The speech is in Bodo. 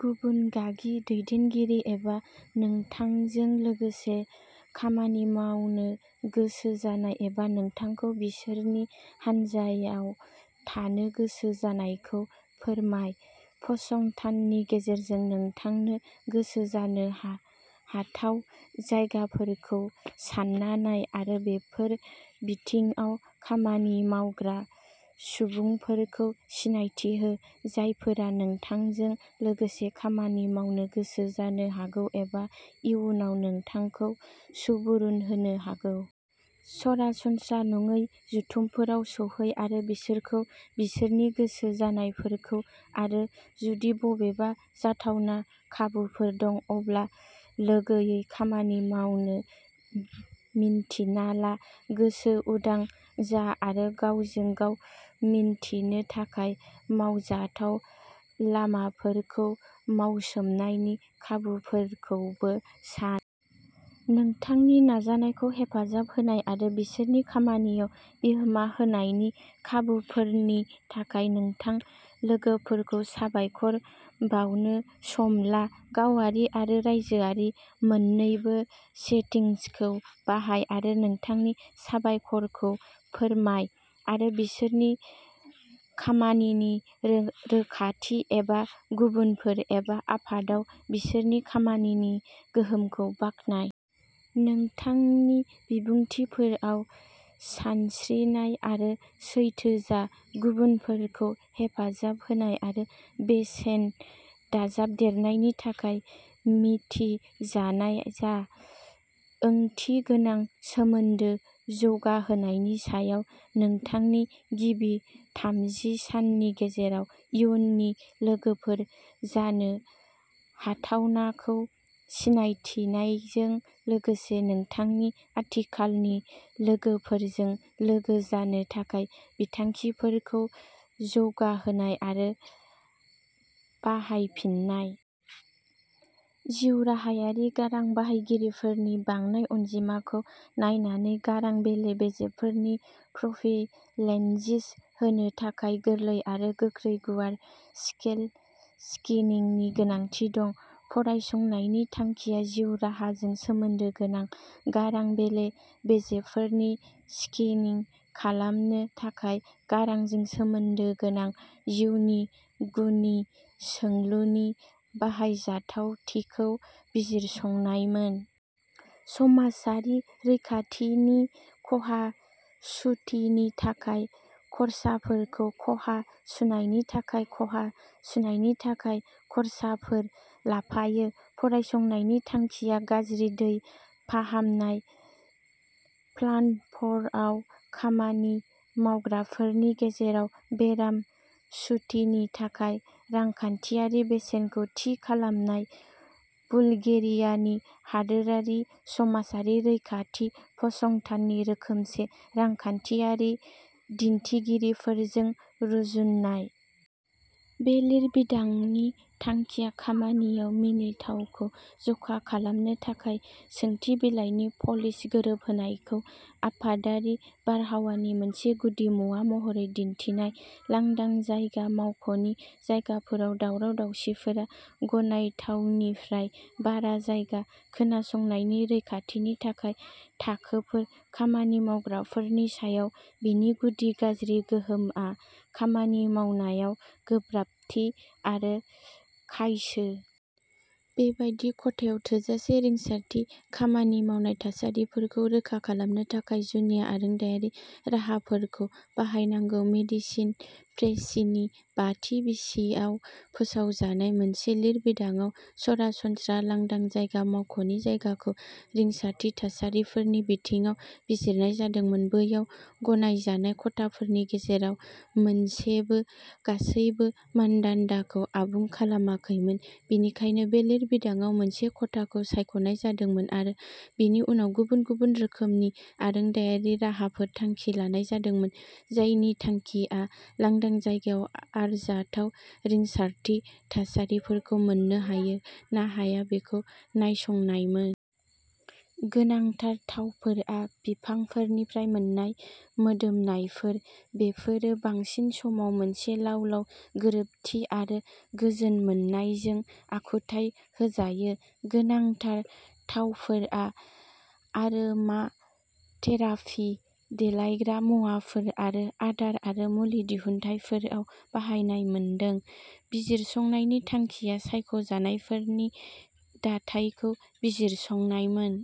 गुबुन गागि दैदेनगिरि एबा नोंथांजों लोगोसे खामानि मावनो गोसो जानाय एबा नोंथांखौ बिसोरनि हान्जायाव थानो गोसो जानायखौ फोरमाय। फसंथाननि गेजेरजों नोंथांनो गोसो जानो हा-हाथाव जायगाफोरखौ सानना नाय आरो बेफोर बिथिङाव खामानि मावग्रा सुबुंफोरखौ सिनायथि हो, जायफोरा नोंथांजों लोगोसे खामानि मावनो गोसो जानो हागौ एबा इयुनाव नोंथांखौ सुबुरुन होनो हागौ। सरासनस्रा नङि जथुमफोराव सौहै आरो बिसोरखौ, बिसोरनि गोसो जानायफोरखौ आरो जुदि बबेबा जाथावना खाबुफोर दं, अब्ला लोगोयै खामानि मावनो मिन्थिना ला। गोसो उदां जा आरो गावजों गाव मिन्थिनो थाखाय मावजाथाव लामाफोरखौ मावसोमनायनि खाबुफोरखौबो सान। नोंथांनि नाजानायखौ हेफाजाब होनाय आरो बिसोरनि खामानियाव बिहोमा होनायनि खाबुफोरनि थाखाय नोंथां लोगोफोरखौ साबायखर बावनो सम ला। गावारि आरो रायजोआरि मोननैबो सेटिंसखौ बाहाय आरो नोंथांनि साबायखरखौ फोरमाय आरो बिसोरनि खामानिनि रो-रोखाथि एबा गुबुनफोर एबा आफादआव बिसोरनि खामानिनि गोहोमखौ बाख्नाय। नोंथांनि बिबुंथिफोराव सानस्रिनाय आरो सैथो जा। गुबुनफोरखौ हेफाजाब होनाय आरो बेसेन दाजाबदेरनायनि थाखाय मिथिजानाय जा। ओंथिगोनां सोमोन्दो जौगाहोनायनि सायाव। नोंथांनि गिबि थामजि साननि गेजेराव, इयुननि लोगोफोर जानो हाथावनाखौ सिनायथिनायजों लोगोसे नोंथांनि आथिखालनि लोगोफोरजों लोगो जानो थाखाय बिथांखिफोरखौ जौगाहोनाय आरो बाहायफिननाय। जिउ राहायारि गारां बाहायगिरिफोरनि बांनाय अनजिमाखौ नायनानै, गारां बेले-बेजेफोरनि प्रफिलेन्जिस होनो थाखाय गोरलै आरो गोख्रै गुवार-स्केल स्किनिंनि गोनांथि दं। फरायसंनायनि थांखिया जिउ राहाजों सोमोन्दो गोनां गारां बेले-बेजेफोरनि स्किनिं खालामनो थाखाय गारांजों सोमोन्दो गोनां जिउनि गुननि सोंलुनि बाहायजाथावथिखौ बिजिरसंनायमोन। समाजारि रैखाथिनि खहा सुथिनि थाखाय खर्साफोरखौ खहा सुनायनि थाखाय खहा सुनायनि थाखाय खर्साफोर लाफायो। फरायसंनायनि थांखिया गाज्रि दै फाहामनाय प्लान्टफराव खामानि मावग्राफोरनि गेजेराव बेराम सुथिनि थाखाय रांखान्थियारि बेसेनखौ थि खालामनाय, बुलगेरियानि हादोरारि समाजारि रैखाथि फसंथाननि रोखोमसे रांखान्थियारि दिन्थिगिरिफोरजों रुजुननाय। बे लिरबिदांनि थांखिया खामानिआव मिनिथावखौ जखा खालामनो थाखाय सोंथि बिलाइनि पलिश गोरोबहोनायखौ आफादारि बारहावानि मोनसे गुदिमुवा महरै दिन्थिनाय। लांदां जायगा मावख'नि जायगाफोराव दावराव-दावसिफोरा गनायथावनिफ्राय बारा जायगा। खोनासंनायनि रैखाथिनि थाखाय थाखोफोर। खामानि मावग्राफोरनि सायाव बेनि गुदि गाज्रि गोहोमआ खामानि मावनायाव गोब्राबथि आरो खायसो। बेबादि खथायाव थोजासे रिंसारथि खामानि मावनाय थासारिफोरखौ रोखा खालामनो थाखाय, जुनिया आरोंदायारि राहाफोरखौ बाहायनांगौ। "मेडिसिन प्रेसि" नि बाथि बिसियाव फोसावजानाय मोनसे लिरबिदांआव, सरासनस्रा लांदां जायगा मावख'नि जायगाखौ रिंसारथि थासारिफोरनि बिथिङाव बिजिरनाय जादोंमोन। बैयाव गनायजानाय खथाफोरनि गेजेराव मोनसेबो गासैबो मानदान्दाखौ आबुं खालामाखैमोन, बेनिखायनो बे लिरबिदांआव मोनसे खथाखौ सायख'नाय जादोंमोन आरो बेनि उनाव गुबुन गुबुन रोखोमनि आरोंदायारि राहाफोर थांखि लानाय जादोंमोन, जायनि थांखिया लांदां जायगायाव आरजाथाव रिंसारथि थासारिफोरखौ मोन्नो हायो ना हाया बेखौ नायसंनायमोन। गोनांथार थावफोरा बिफांफोरनिफ्राय मोन्नाय मोदोमनायफोर। बेफोरो बांसिन समाव मोनसे लाव-लाव गोरोबथि आरो गोजोन मोननायजों आखुथाइ होजायो। गोनांथार थावफोरा आरोमाथेरापि, देलायग्रा मुवाफोर आरो आदार आरो मुलि दिहुनथायफोराव बाहायनाय मोनदों। बिजिरसंनायनि थांखिया सायख'जानायफोरनि दाथायखौ बिजिरसंनायमोन।